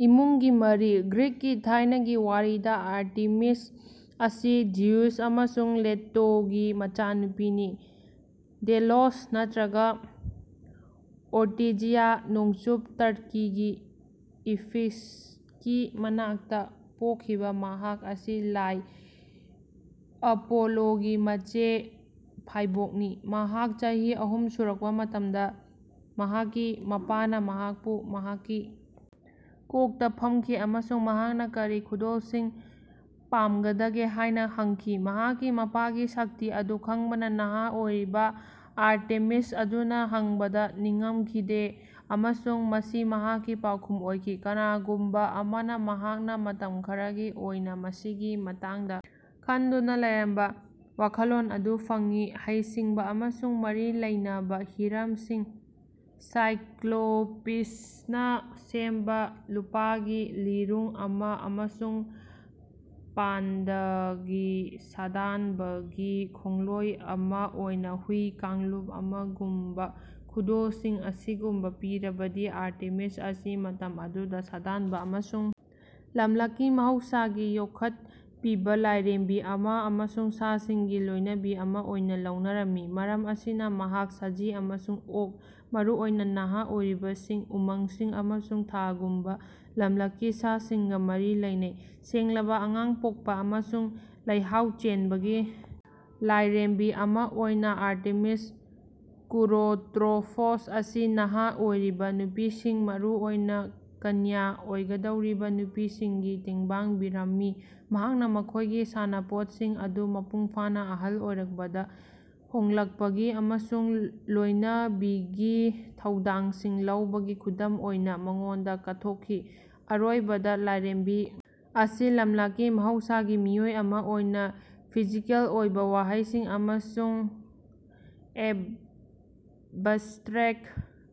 ꯏꯃꯨꯡꯒꯤ ꯃꯔꯤ:ꯒ꯭ꯔꯤꯛꯀꯤ ꯊꯥꯏꯅꯒꯤ ꯋꯥꯔꯤꯗ ꯑꯥꯔꯇꯦꯃꯤꯁ ꯑꯁꯤ ꯖ꯭ꯌꯨꯁ ꯑꯃꯁꯨꯡ ꯂꯦꯇꯣꯒꯤ ꯃꯆꯥꯅꯨꯄꯤꯅꯤ꯫ ꯗꯦꯂꯣꯁ ꯅꯠꯇ꯭ꯔꯒ ꯑꯣꯔꯇꯤꯖꯤꯌꯥ (ꯅꯣꯡꯆꯨꯞ ꯇꯔꯀꯤꯒꯤ ꯏꯐꯤꯁꯀꯤ ꯃꯅꯥꯛꯇ) ꯄꯣꯛꯈꯤꯕ ꯃꯍꯥꯛ ꯑꯁꯤ ꯂꯥꯏ ꯑꯄꯣꯂꯣꯒꯤ ꯃꯆꯦ ꯐꯥꯏꯕꯣꯛꯅꯤ꯫ ꯃꯍꯥꯛ ꯆꯍꯤ ꯑꯍꯨꯝ ꯁꯨꯔꯛꯄ ꯃꯇꯝꯗ ꯃꯍꯥꯛꯀꯤ ꯃꯄꯥꯅ ꯃꯍꯥꯛꯄꯨ ꯃꯍꯥꯛꯀꯤ ꯀꯣꯛꯇ ꯐꯝꯈꯤ ꯑꯃꯁꯨꯡ ꯃꯍꯥꯛꯅ ꯀꯔꯤ ꯈꯨꯗꯣꯜꯁꯤꯡ ꯄꯥꯝꯒꯗꯒꯦ ꯍꯥꯏꯅ ꯍꯪꯈꯤ꯫ ꯃꯍꯥꯛꯀꯤ ꯃꯄꯥꯒꯤ ꯁꯛꯇꯤ ꯑꯗꯨ ꯈꯪꯕꯅ, ꯅꯍꯥ ꯑꯣꯏꯔꯤꯕ ꯑꯥꯔꯇꯦꯃꯤꯁ ꯑꯗꯨꯅ ꯍꯪꯕꯗ ꯅꯤꯡꯉꯝꯈꯤꯗꯦ ꯑꯃꯁꯨꯡ ꯃꯁꯤ ꯃꯍꯥꯛꯀꯤ ꯄꯥꯎꯈꯨꯝ ꯑꯣꯏꯈꯤ (ꯀꯅꯥꯒꯨꯝꯕ ꯑꯃꯅ ꯃꯍꯥꯛꯅ ꯃꯇꯝ ꯈꯔꯒꯤ ꯑꯣꯏꯅ ꯃꯁꯤꯒꯤ ꯃꯇꯥꯡꯗ ꯈꯟꯗꯨꯅ ꯂꯩꯔꯝꯕ ꯋꯥꯈꯜꯂꯣꯟ ꯑꯗꯨ ꯐꯪꯉꯤ ꯍꯩ-ꯁꯤꯡꯕ ꯑꯃꯁꯨꯡ ꯃꯔꯤ ꯂꯩꯅꯕ ꯍꯤꯔꯝꯁꯤꯡ ꯁꯥꯏꯀ꯭ꯂꯣꯄꯤꯁꯅ ꯁꯦꯝꯕ ꯂꯨꯄꯥꯒꯤ ꯂꯤꯔꯨꯡ ꯑꯃ ꯑꯃꯁꯨꯡ ꯄꯥꯟꯗꯒꯤ ꯁꯥꯗꯥꯟꯕꯒꯤ ꯈꯣꯡꯂꯣꯏ ꯑꯃ ꯑꯣꯏꯅ ꯍꯨꯏ ꯀꯥꯡꯂꯨꯞ ꯑꯃꯒꯨꯝꯕ ꯈꯨꯗꯣꯜꯁꯤꯡ ꯑꯁꯤꯒꯨꯝꯕ ꯄꯤꯔꯕꯗꯤ, ꯑꯥꯔꯇꯦꯃꯤꯁ ꯑꯁꯤ, ꯃꯇꯝ ꯑꯗꯨꯗ, ꯁꯥꯗꯥꯟꯕ ꯑꯃꯁꯨꯡ ꯂꯝꯂꯛꯀꯤ ꯃꯍꯧꯁꯥꯒꯤ ꯌꯣꯛꯈꯠꯄꯤꯕ ꯂꯥꯏꯔꯦꯝꯕꯤ ꯑꯃ ꯑꯃꯁꯨꯡ ꯁꯥꯁꯤꯡꯒꯤ ꯂꯣꯏꯅꯕꯤ ꯑꯃ ꯑꯣꯏꯅ ꯂꯧꯅꯔꯝꯃꯤ꯫ ꯃꯔꯝ ꯑꯁꯤꯅ, ꯃꯍꯥꯛ ꯁꯖꯤ ꯑꯃꯁꯨꯡ ꯑꯣꯛ (ꯃꯔꯨꯑꯣꯏꯅ ꯅꯍꯥ ꯑꯣꯏꯔꯤꯕꯁꯤꯡ), ꯎꯃꯪꯁꯤꯡ, ꯑꯃꯁꯨꯡ ꯊꯥꯒꯨꯝꯕ ꯂꯝꯂꯛꯀꯤ ꯁꯥꯁꯤꯡꯒ ꯃꯔꯤ ꯂꯩꯅꯩ꯫ ꯁꯦꯡꯂꯕ, ꯑꯉꯥꯡ ꯄꯣꯛꯄ, ꯑꯃꯁꯨꯡ ꯂꯩꯍꯥꯎ ꯆꯦꯟꯕꯒꯤ ꯂꯥꯏꯔꯦꯝꯕꯤ ꯑꯃ ꯑꯣꯏꯅ, ꯑꯥꯔꯇꯦꯃꯤꯁ ꯀꯨꯔꯣꯇ꯭ꯔꯣꯐꯣꯁ ꯑꯁꯤ ꯅꯍꯥ ꯑꯣꯏꯔꯤꯕ ꯅꯨꯄꯤꯁꯤꯡ, ꯃꯔꯨꯑꯣꯏꯅ ꯀꯅ꯭ꯌ ꯑꯣꯏꯒꯗꯧꯔꯤꯕ ꯅꯨꯄꯤꯁꯤꯡꯒꯤ ꯇꯦꯡꯕꯥꯡꯕꯤꯔꯝꯃꯤ, ꯃꯍꯥꯛꯅ ꯃꯈꯣꯏꯒꯤ ꯁꯥꯟꯅꯄꯣꯠꯁꯤꯡ ꯑꯗꯨ ꯃꯄꯨꯡ ꯐꯥꯅ ꯑꯍꯜ ꯑꯣꯏꯔꯛꯄꯗ ꯍꯣꯡꯂꯛꯄꯒꯤ ꯑꯃꯁꯨꯡ ꯂꯣꯏꯅꯕꯤꯒꯤ ꯊꯧꯗꯥꯡꯁꯤꯡ ꯂꯧꯕꯒꯤ ꯈꯨꯗꯝ ꯑꯣꯏꯅ ꯃꯉꯣꯟꯗ ꯀꯠꯊꯣꯛꯈꯤ꯫ ꯑꯔꯣꯏꯕꯗ, ꯂꯥꯏꯔꯦꯝꯕꯤ ꯑꯁꯤ, ꯂꯝꯂꯛꯀꯤ ꯃꯍꯧꯁꯥꯒꯤ ꯃꯤꯑꯣꯏ ꯑꯃ ꯑꯣꯏꯅ, ꯐꯤꯖꯤꯀꯦꯜ ꯑꯣꯏꯕ ꯋꯥꯍꯩꯁꯤꯡ ꯑꯃꯁꯨꯡ ꯑꯦꯕꯁꯇ꯭ꯔꯦꯛꯠ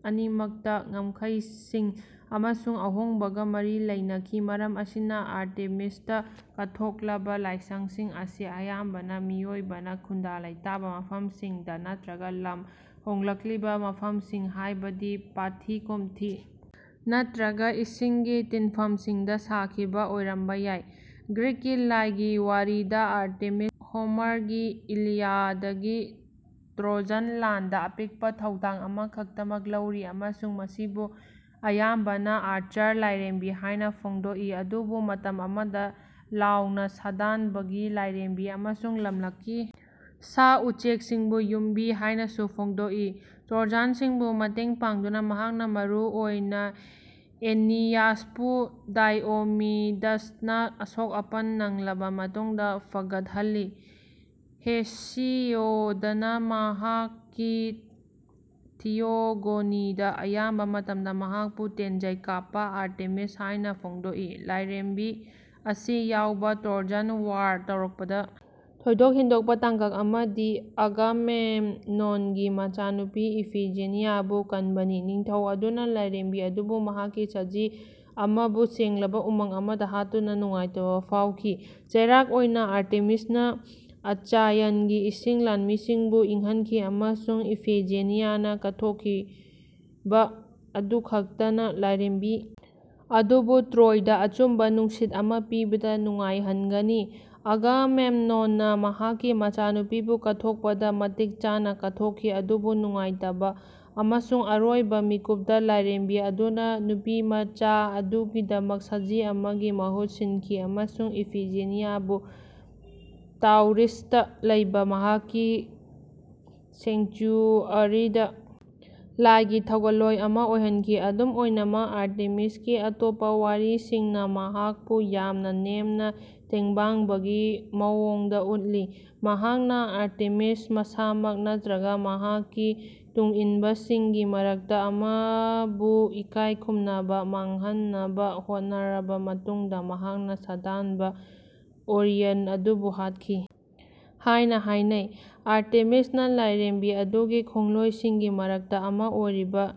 ꯑꯅꯤꯃꯛꯇ ꯉꯝꯈꯩꯁꯤꯡ ꯑꯃꯁꯨꯡ ꯑꯍꯣꯡꯕꯒ ꯃꯔꯤ ꯂꯩꯅꯈꯤ꯫ ꯃꯔꯝ ꯑꯁꯤꯅ, ꯑꯥꯔꯇꯦꯃꯤꯁꯇ ꯀꯠꯊꯣꯛꯂꯕ ꯂꯥꯏꯁꯪꯁꯤꯡ ꯑꯁꯤ ꯑꯌꯥꯝꯕꯅ ꯃꯤꯑꯣꯏꯕꯅ ꯈꯨꯟꯗꯥ-ꯂꯩꯇꯥꯕ ꯃꯐꯝꯁꯤꯡꯗ ꯅꯠꯇ꯭ꯔꯒ ꯂꯝ ꯍꯣꯡꯂꯛꯂꯤꯕ ꯃꯐꯝꯁꯤꯡ ꯍꯥꯏꯕꯗꯤ ꯄꯥꯠꯊꯤ-ꯀꯣꯝꯊꯤ ꯅꯠꯇ꯭ꯔꯒ ꯏꯁꯤꯡꯒꯤ ꯇꯤꯟꯐꯝꯁꯤꯡꯗ ꯁꯥꯈꯤꯕ ꯑꯣꯏꯔꯝꯕ ꯌꯥꯏ꯫ ꯒ꯭ꯔꯤꯛꯀꯤ ꯂꯥꯏꯒꯤ ꯋꯥꯔꯤꯗ ꯑꯥꯔꯇꯦꯃꯤꯁꯅ ꯍꯣꯃꯔꯒꯤ ꯏꯂꯤꯌꯥꯗꯀꯤ ꯇ꯭ꯔꯣꯖꯟ ꯂꯥꯟꯗ ꯑꯄꯤꯛꯄ ꯊꯧꯗꯥꯡ ꯑꯃꯈꯛꯇꯃꯛ ꯂꯧꯔꯤ ꯑꯃꯁꯨꯡ ꯃꯁꯤꯕꯨ ꯑꯌꯥꯝꯕꯅ 'ꯑꯥꯔꯆꯔ ꯂꯥꯏꯔꯦꯝꯕꯤ' ꯍꯥꯏꯅ ꯐꯣꯡꯗꯣꯛꯏ ꯑꯗꯨꯕꯨ ꯃꯇꯝ ꯑꯃꯗ 'ꯂꯥꯎꯅ ꯁꯥꯗꯥꯟꯕꯒꯤ ꯂꯥꯏꯔꯦꯝꯕꯤ' ꯑꯃꯁꯨꯡ 'ꯂꯝꯂꯛꯀꯤ ꯁꯥ-ꯎꯆꯦꯛꯁꯤꯡꯒꯤ ꯌꯨꯝꯕꯤ' ꯍꯥꯏꯅꯁꯨ ꯐꯣꯡꯗꯣꯛꯏ꯫ ꯇ꯭ꯔꯣꯖꯥꯟꯁꯤꯡꯕꯨ ꯃꯇꯦꯡ ꯄꯥꯡꯗꯨꯅ, ꯃꯍꯥꯛꯅ ꯃꯔꯨꯑꯣꯏꯅ ꯑꯦꯅꯤꯌꯥꯁꯄꯨ ꯗꯥꯏꯑꯣꯃꯤꯗꯁꯅ ꯑꯁꯣꯛ ꯑꯄꯟ ꯅꯪꯂꯕ ꯃꯇꯨꯡꯗ ꯐꯒꯠꯍꯜꯂꯤ꯫ ꯍꯦꯁꯤꯌꯣꯗꯅ ꯃꯍꯥꯛꯀꯤ ꯊꯤꯌꯣꯒꯣꯅꯤꯗ ꯑꯌꯥꯝꯕ ꯃꯇꯝꯗ ꯃꯍꯥꯛꯄꯨ 'ꯇꯦꯟꯖꯩ ꯀꯥꯞꯄ ꯑꯥꯔꯇꯦꯃꯤꯁ' ꯍꯥꯏꯅ ꯐꯣꯡꯗꯣꯛꯏ꯫ ꯂꯥꯏꯔꯦꯝꯕꯤ ꯑꯁꯤ ꯌꯥꯎꯕ ꯇ꯭ꯔꯣꯖꯟ ꯋꯥꯔ ꯍꯧꯔꯛꯄꯗ ꯊꯣꯏꯗꯣꯛ ꯍꯦꯟꯗꯣꯛꯄ ꯇꯥꯡꯀꯛ ꯑꯃꯗꯤ ꯑꯒꯥꯃꯦꯝꯅꯣꯟꯒꯤ ꯃꯆꯥꯅꯨꯄꯤ ꯏꯐꯤꯖꯦꯅꯤꯌꯥꯕꯨ ꯀꯟꯕꯅꯤ꯫ ꯅꯤꯡꯊꯧ ꯑꯗꯨꯅ ꯂꯥꯏꯔꯦꯝꯕꯤ ꯑꯗꯨꯕꯨ ꯃꯍꯥꯛꯀꯤ ꯁꯖꯤ ꯑꯃꯕꯨ ꯁꯦꯡꯂꯕ ꯎꯃꯪ ꯑꯃꯗ ꯍꯥꯠꯇꯨꯅ ꯅꯨꯡꯉꯥꯏꯇꯕ ꯐꯥꯎꯈꯤ꯫ ꯆꯩꯔꯥꯛ ꯑꯣꯏꯅ ꯑꯥꯔꯇꯦꯃꯤꯁꯅ ꯑꯆꯥꯌꯟꯒꯤ ꯏꯁꯤꯡ ꯂꯥꯟꯃꯤꯁꯤꯡꯕꯨ ꯏꯪꯍꯟꯈꯤ ꯑꯃꯁꯨꯡ ꯏꯐꯤꯖꯦꯅꯤꯌꯥꯅ ꯀꯠꯊꯣꯛꯈꯤꯕ ꯑꯗꯨꯈꯛꯇꯅ ꯂꯥꯏꯔꯦꯝꯕꯤ ꯑꯗꯨꯕꯨ ꯇ꯭ꯔꯣꯏꯗ ꯑꯆꯨꯝꯕ ꯅꯨꯡꯁꯤꯠ ꯑꯃ ꯄꯤꯕꯗ ꯅꯨꯡꯉꯥꯏꯍꯟꯒꯅꯤ꯫ ꯑꯒꯥꯃꯦꯝꯅꯣꯟꯅ ꯃꯍꯥꯛꯀꯤ ꯃꯆꯥꯅꯨꯄꯤꯕꯨ ꯀꯠꯊꯣꯛꯄꯗ ꯃꯇꯤꯛ ꯆꯥꯅ ꯀꯠꯊꯣꯛꯈꯤ, ꯑꯗꯨꯕꯨ ꯅꯨꯡꯉꯥꯏꯇꯕ ꯑꯃꯁꯨꯡ ꯑꯔꯣꯏꯕ ꯃꯤꯀꯨꯞꯇ, ꯂꯥꯏꯔꯦꯝꯕꯤ ꯑꯗꯨꯅ ꯅꯨꯄꯤꯃꯆꯥ ꯑꯗꯨꯒꯤꯗꯃꯛ ꯁꯖꯤ ꯑꯃꯒꯤ ꯃꯍꯨꯠ ꯁꯤꯟꯈꯤ ꯑꯃꯁꯨꯡ ꯏꯐꯤꯖꯦꯅꯤꯌꯥꯕꯨ ꯇꯥꯎꯔꯤꯁꯇ ꯂꯩꯕ ꯃꯍꯥꯛꯀꯤ ꯁꯦꯡꯆꯨꯑꯔꯤꯗ ꯂꯥꯏꯒꯤ ꯊꯧꯒꯜꯂꯣꯏ ꯑꯃ ꯑꯣꯏꯍꯟꯈꯤ꯫ ꯑꯗꯨꯝ ꯑꯣꯏꯅꯃꯛ, ꯑꯥꯔꯇꯦꯃꯤꯁꯀꯤ ꯑꯇꯣꯞꯄ ꯋꯥꯔꯤꯁꯤꯡꯅ ꯃꯍꯥꯛꯄꯨ ꯌꯥꯝꯅ ꯅꯦꯝꯅ ꯇꯦꯡꯕꯥꯡꯕꯒꯤ ꯃꯋꯣꯡꯗ ꯎꯠꯂꯤ꯫ ꯃꯍꯥꯛꯅ ꯑꯥꯔꯇꯦꯃꯤꯁ ꯃꯁꯥꯃꯛ ꯅꯠꯇ꯭ꯔꯒ ꯃꯍꯥꯛꯀꯤ ꯇꯨꯡꯏꯟꯕꯁꯤꯡꯒꯤ ꯃꯔꯛꯇ ꯑꯃꯕꯨ ꯏꯀꯥꯏ ꯈꯨꯝꯅꯕ ꯃꯥꯡꯍꯟꯅꯕ ꯍꯣꯠꯅꯔꯕ ꯃꯇꯨꯡꯗ ꯃꯍꯥꯛꯅ ꯁꯥꯗꯥꯟꯕ ꯑꯣꯔꯤꯌꯟ ꯑꯗꯨꯕꯨ ꯍꯥꯠꯈꯤ ꯍꯥꯏꯅ ꯍꯥꯏꯅꯩ꯫ ꯑꯥꯔꯇꯦꯃꯤꯁꯅ ꯂꯥꯏꯔꯦꯝꯕꯤ ꯑꯗꯨꯒꯤ ꯈꯣꯡꯂꯣꯏꯁꯤꯡꯒꯤ ꯃꯔꯛꯇ ꯑꯃ ꯑꯣꯏꯔꯤꯕ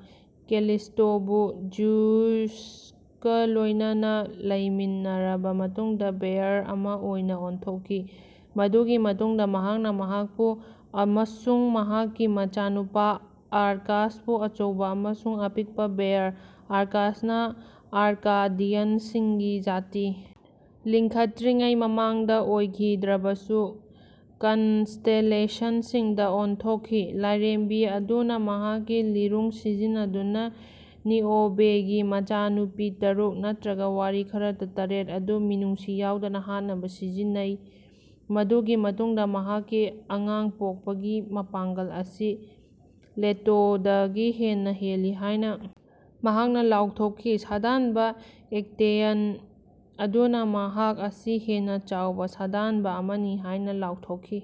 ꯀꯦꯂꯤꯁ꯭ꯇꯣꯕꯨ ꯖ꯭ꯌꯨꯁꯀ ꯂꯣꯏꯅꯅ ꯂꯩꯃꯤꯟꯅꯔꯕ ꯃꯇꯨꯡꯗ ꯕꯦꯌꯔ ꯑꯃ ꯑꯣꯏꯅ ꯑꯣꯟꯊꯣꯛꯈꯤ, ꯃꯗꯨꯒꯤ ꯃꯇꯨꯡꯗ ꯃꯍꯥꯛꯅ ꯃꯍꯥꯛꯄꯨ ꯑꯃꯁꯨꯡ ꯃꯍꯥꯛꯀꯤ ꯃꯆꯥꯅꯨꯄꯥ ꯑꯥꯔꯀꯥꯁꯄꯨ ꯑꯆꯧꯕ ꯑꯃꯁꯨꯡ ꯑꯄꯤꯛꯄ ꯕꯦꯌꯔ (ꯑꯥꯔꯀꯥꯁꯅ ꯑꯥꯔꯀꯥꯗꯤꯌꯟꯁꯤꯡꯒꯤ ꯖꯥꯇꯤ ꯂꯤꯡꯈꯠꯇ꯭ꯔꯤꯉꯩ ꯃꯃꯥꯡꯗ ꯑꯣꯏꯈꯤꯗ꯭ꯔꯕꯁꯨ) ꯀꯟꯁꯇꯦꯂꯦꯁꯟꯁꯤꯡꯗ ꯑꯣꯟꯊꯣꯛꯈꯤ꯫ ꯂꯥꯏꯔꯦꯝꯕꯤ ꯑꯗꯨꯅ ꯃꯍꯥꯛꯀꯤ ꯂꯤꯔꯨꯡ ꯁꯤꯖꯤꯟꯅꯗꯨꯅ ꯅꯤꯑꯣꯕꯦꯒꯤ ꯃꯆꯥꯅꯨꯄꯤ ꯇꯔꯨꯛ (ꯅꯠꯇ꯭ꯔꯒ ꯋꯥꯔꯤ ꯈꯔꯗ ꯇꯔꯦꯠ) ꯑꯗꯨ ꯃꯤꯅꯨꯡꯁꯤ ꯌꯥꯎꯗꯅ ꯍꯥꯠꯅꯕ ꯁꯤꯖꯤꯟꯅꯩ ꯃꯗꯨꯒꯤ ꯃꯇꯨꯡꯗ ꯃꯍꯥꯛꯀꯤ ꯑꯉꯥꯡ ꯄꯣꯛꯄꯒꯤ ꯃꯄꯥꯡꯒꯜ ꯑꯁꯤ ꯂꯦꯇꯣꯗꯒꯤ ꯍꯦꯟꯅ ꯍꯦꯜꯂꯤ ꯍꯥꯏꯅ ꯃꯍꯥꯛꯅ ꯂꯥꯎꯊꯣꯛꯈꯤ꯫ ꯁꯥꯗꯥꯟꯕ ꯑꯦꯛꯇꯦꯌꯟ ꯑꯗꯨꯅ, ꯃꯍꯥꯛ ꯑꯁꯤ ꯍꯦꯟꯅ ꯆꯥꯎꯕ ꯁꯥꯗꯥꯟꯕ ꯑꯃꯅꯤ ꯍꯥꯏꯅ ꯂꯥꯎꯊꯣꯛꯈꯤ꯫